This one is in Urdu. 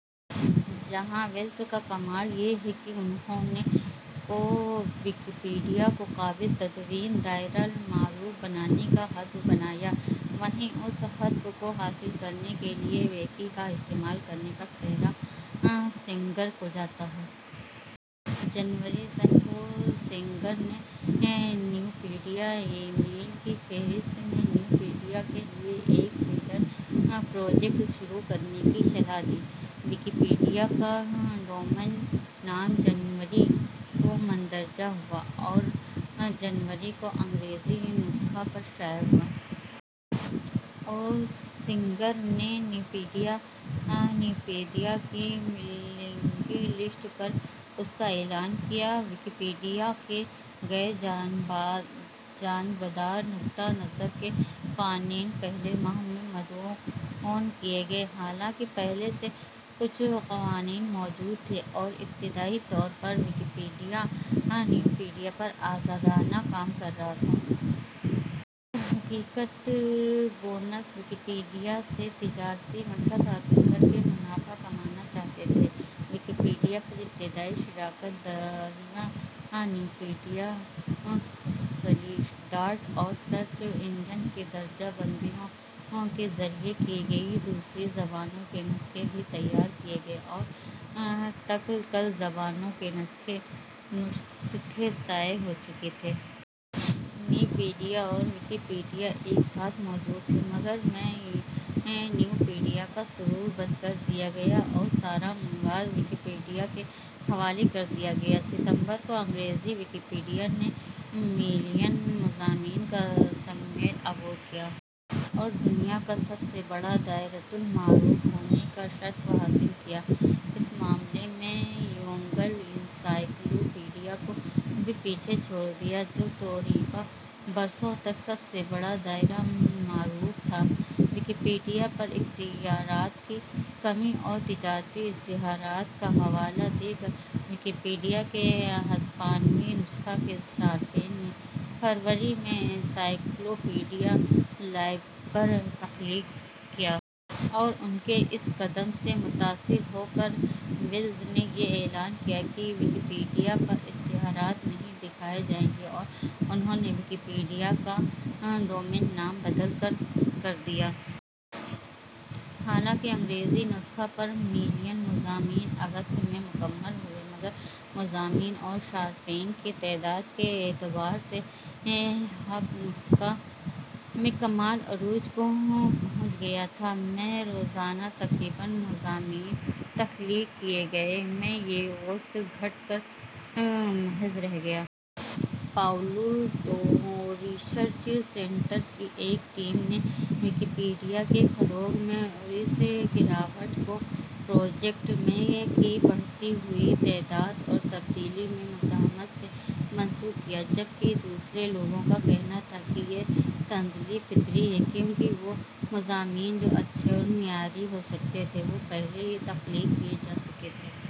، جہاں ویلس کا کمال یہ ہے کہ انھوں کو ویکیپیڈیا کو قابل تدوین دائرۃالمعارف بنانے کا ہدف بنایا۔ ، وہیں اس ہدف کو حاصل کر نے کے لیے ویکی کا استعمال کرنے کا سہرا سینگر کو جاتا ہے۔ ، جنوری سنہ ء کو سینگر نے نیوپیڈیا ایمیل کی فہرست میں نیوپیڈیا کے لیے ایک ''فیڈر پروجیکٹ "شروع کرنے کی صلاح دی۔ ۔ ویکیپیڈیا کا ڈومین نام جنوری ء کو مندرج ہوا اور جنوری ء کو انگریزی نسخہ پر شائع ہوا۔ ۔ اور سینگر نے نیوپیدیا کی میلینگ لسٹ پر اس کا اعلان کیا۔ ویکیپیڈیا کے "غیر جانبدار نقطہ نظر" کے قوانین پہلے ماہ میں مدون کیے گئے۔ حالانکہ پہلے سے کچھ قوانین موجود تھے اور ابتدائی طور پر ویکیپیڈیا نیوپیڈیا پر آزادانہ کام کررہا تھا۔۔ درحقیقت بونس ویکیپیڈیاسے تجارتی مقصد حاصل کر کے منافع کمانا چاہتے تھے۔ ویکیپیڈیا پر ابتدائی شراکت داریاں نیوپیڈیا، شلیشڈاٹ اور سرچ انجن کی درجہ بندیوں کے ذریعے کی گئیں۔ دوسری زبانوں کے نسخے بھی تیار کیے گئے اور ء تک کل زبانوں کے نسخے شائع ہو چکے تھے۔ نیوپیڈیا اور ویکیپیڈیا ایک ساتھ موجود تھے مگر ء میں نیوپیڈیا کا سرور بند کر دیا گیا اور سارا مواد ویکیپیڈیا کے حوالے کر دیا گیا۔ ستمبر ء کو انگریزی ویکیپیڈیا نے ملین مضامین کا سنگ میل عبور کیا۔ اور دنیا کا سب سے بڑا دائرۃالمعارف ہونے کا شرف حاصل کیا۔ اس معاملے میں یونگل انسائکلوپیڈیا کو بھی پیچھے چھوڑ دیا، جو توریبا برسوں تک سب سے بڑا دائرۃالمعارف تھا۔ ویکیپیڈیا پر اختیارات کی کمی اور تجارتی اشتہارات کا حوالہ دے کر ویکیپیڈیا کے ہسپانوی نسخہ کے صارفین نے فروری ء میں انسائکلوپیڈیا لائبر تخلیق کیا۔ اور ان کے اس قدم سے متاثر ہو کر ویلز نے یہ اعلان کیا کہ ویکیپیڈیا پر اشتہارات نہیں دکھائے جائیں گے اور انھوں نے ویکیپیڈیا کا ڈومین نام. بدل کر. کر دیا۔ حالانکہ انگریزی نسخہ پر ملین مضامین اگست ء میں مکمل ہوئے مگر مضامین اور صارفین کی تعداد کے اعتبار سے ہپ نسخہ ء میں کمال عروج کو پہنچ گیا تھا۔ ء میں روزانہ تقریباً مضامین تخلیق کیے گئے، ء میں یہ اوسط گھٹ کر محض رہ گیا۔ پاولو الٹو ریسرچ سینٹر کی ایک ٹیم نے ویکیپیڈیا کے فروغ میں اس گراوٹ کو پروجیکٹ میں کی بڑھتی ہوئی تعداد اور تبدیلی میں مزاحمت سے منسوب کیا۔ جبکہ دوسرے لوگوں کا کہنا تھا کہ یہ تنزلی فطری ہے کیونکہ وہ مضامین جو اچھے اور معیاری ہو سکتے تھے وہ پہلے ہی تخلیق کیے جا چکے تھے۔